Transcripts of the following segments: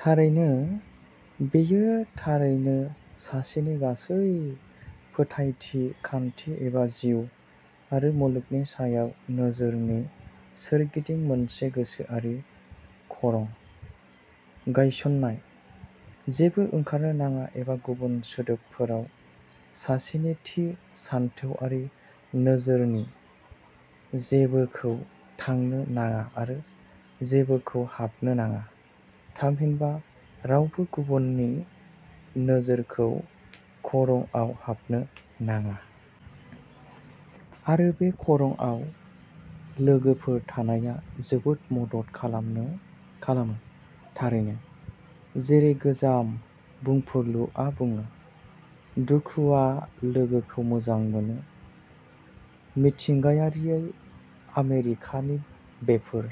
थारैनो, बेयो थारैनो सासेनि गासै फोथायथि खान्थि एबा जिउ आरो मुलुगनि सायाव नोजोरनि सोरगिदिं मोनसे गोसोआरि खरं गायसन्नाय। जेबो ओंखारनो नाङा एबा गुबुन सोदोबफोराव सासेनि थि सानथौआरि नोजोरनि जेबोखौ थांनो नाङा आरो जेबोखौ हाबनो नाङा थामहिनबा रावबो गुबुननि नोजोरखौ खरंआव हाबनो नाङा। आरो बे खरंआव लोगोफोर थानाया जोबोद मदद खालामो थारैनो। जेरै गोजाम बुंफुरलुआ बुङो "दुखुआ लोगोखौ मोजां मोनो।" मिथिंगायारियै आमेरिकानि बेफोर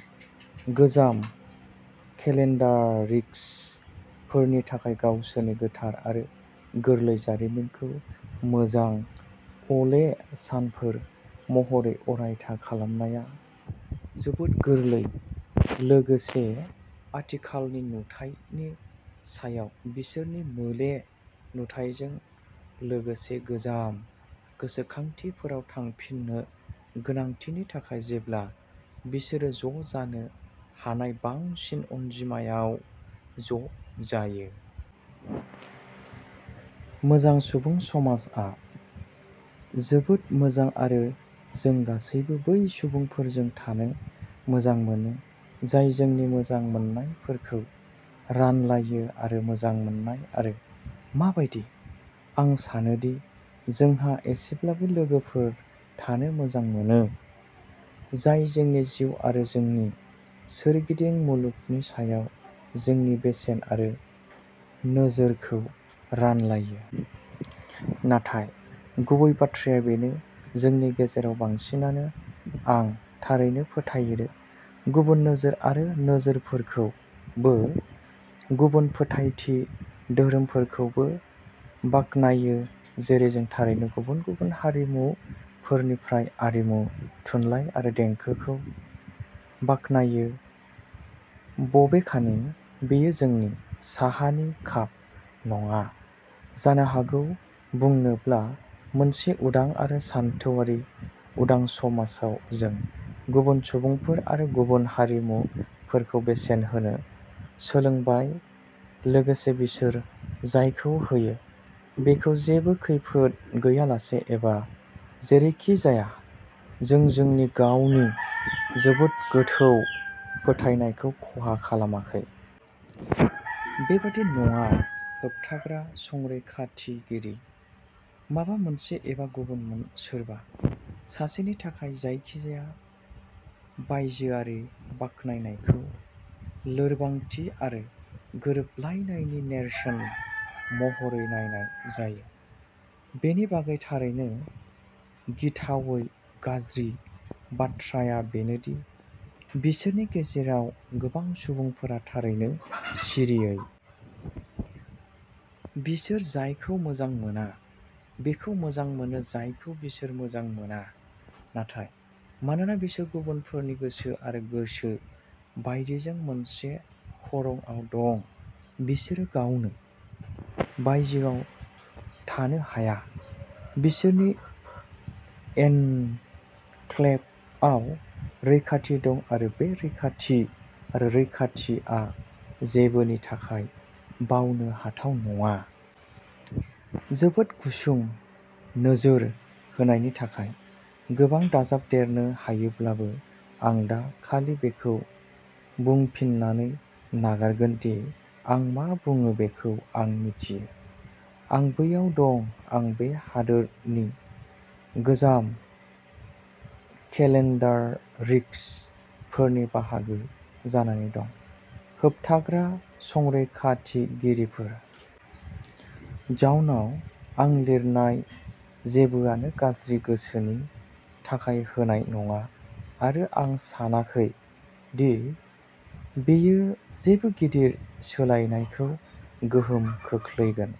"गोजाम केलेन्डारिक्स" फोरनि थाखाय गावसोरनि गोथार आरो गोरलै जारिमिनखौ मोजां अले सानफोर महरै अरायथा खालामनाया जोबोद गोरलै लोगोसे आथिखालनि नुथायनि सायाव बिसोरनि मोले नुथायजों लोगोसे गोजाम गोसोखांथिफोराव थांफिननो गोनांथिनि थाखाय जेब्ला बिसोरो ज' जानो हानाय बांसिन अनजिमायाव ज' जायो। मोजां सुबुं समाजआ जोबोद मोजां आरो जों गासैबो बै सुबुंफोरजों थानो मोजां मोनो जाय जोंनि मोजां मोननायफोरखौ रानलायो आरो मोजां मोन्नाय आरो मा बायदि। आं सानो दि जोंहा एसेब्लाबो लोगोफोर थानो मोजां मोनो जाय जोंनि जिउ आरो जोंनि सोरगिदिं मुलुगनि सायाव जोंनि बेसेन आरो नोजोरखौ रानलायो। नाथाय गुबै बाथ्राया बेनो जोंनि गेजेराव बांसिनानो आं थारैनो फोथायो गुबुन नोजोर आरो नोजोरफोरखौबो गुबुन फोथायथि धोरोमफोरखौबो बाखनायो जेरै जों थारैनो गुबुन गुबुन हारिमुफोरनिफ्राय आरिमु, थुनलाइ आरो देंखोखौ बाखनायो बबेखानि बेयो जोंनि "साहानि काप" नङा जानो हागौ बुंनोब्ला मोनसे उदां आरो सानथौआरि उदां समाजाव जों गुबुन सुबुंफोर आरो गुबुन हारिमुफोरखौ बेसेन होनो सोलोंबाय लोगोसे बिसोर जायखौ होयो बेखौ जेबो खैफोद गैयालासे एबा जेरैखिजाया जों जोंनि गावनि जोबोद गोथौ फोथायनायखौ खहा खालामाखै। बेबादि नङा होबथाग्रा-संरैखाथिगिरि। माबा मोनसे एबा गुबुन सोरबा सासेनि थाखाय जायखिजाया बायजोआरि बाख्नायनायखौ लोरबांथि आरो गोरोबलायनायनि नेरसोन महरै नायनाय जायो। बेनि बागै थारैनो गिथावै गाज्रि बाथ्राया बेनो दि बिसोरनि गेजेराव गोबां सुबुंफोरा थारैनो सिरियै। बिसोर जायखौ मोजां मोना बेखौ मोजां मोनो जायखौ बिसोर मोजां मोना। नाथाय मानोना बिसोर गुबुनफोरनि गोसो आरो गोसो बायदिजों मोनसे खरंआव दं बिसोरो गावनो "बायजोआव" थानो हाया। बिसोरनि एनक्लेभआव रैखाथि दं आरो बे रैखाथि आरो रैखाथिआ जेबोनि थाखाय बावनो हाथाव नङा। जोबोद गुसुं नोजोर होनायनि थाखाय! गोबां दाजाबदेरनो हायोब्लाबो आं दा खालि बेखौ बुंफिननानै नागारगोन दि आं मा बुङो बेखौ आं मिथियो। आं बैयाव दं आं बे हादोरनि "गोजाम केलेन्डारिक्स" फोरनि बाहागो जानानै दं होबथाग्रा-संरैखाथिगिरिफोर। जाउनाव, आं लिरनाय जेबोआनो गाज्रि गोसोनि थाखाय होनाय नङा आरो आं सानाखै दि बेयो जेबो गिदिर सोलायनायखौ गोहोम खोख्लैगोन।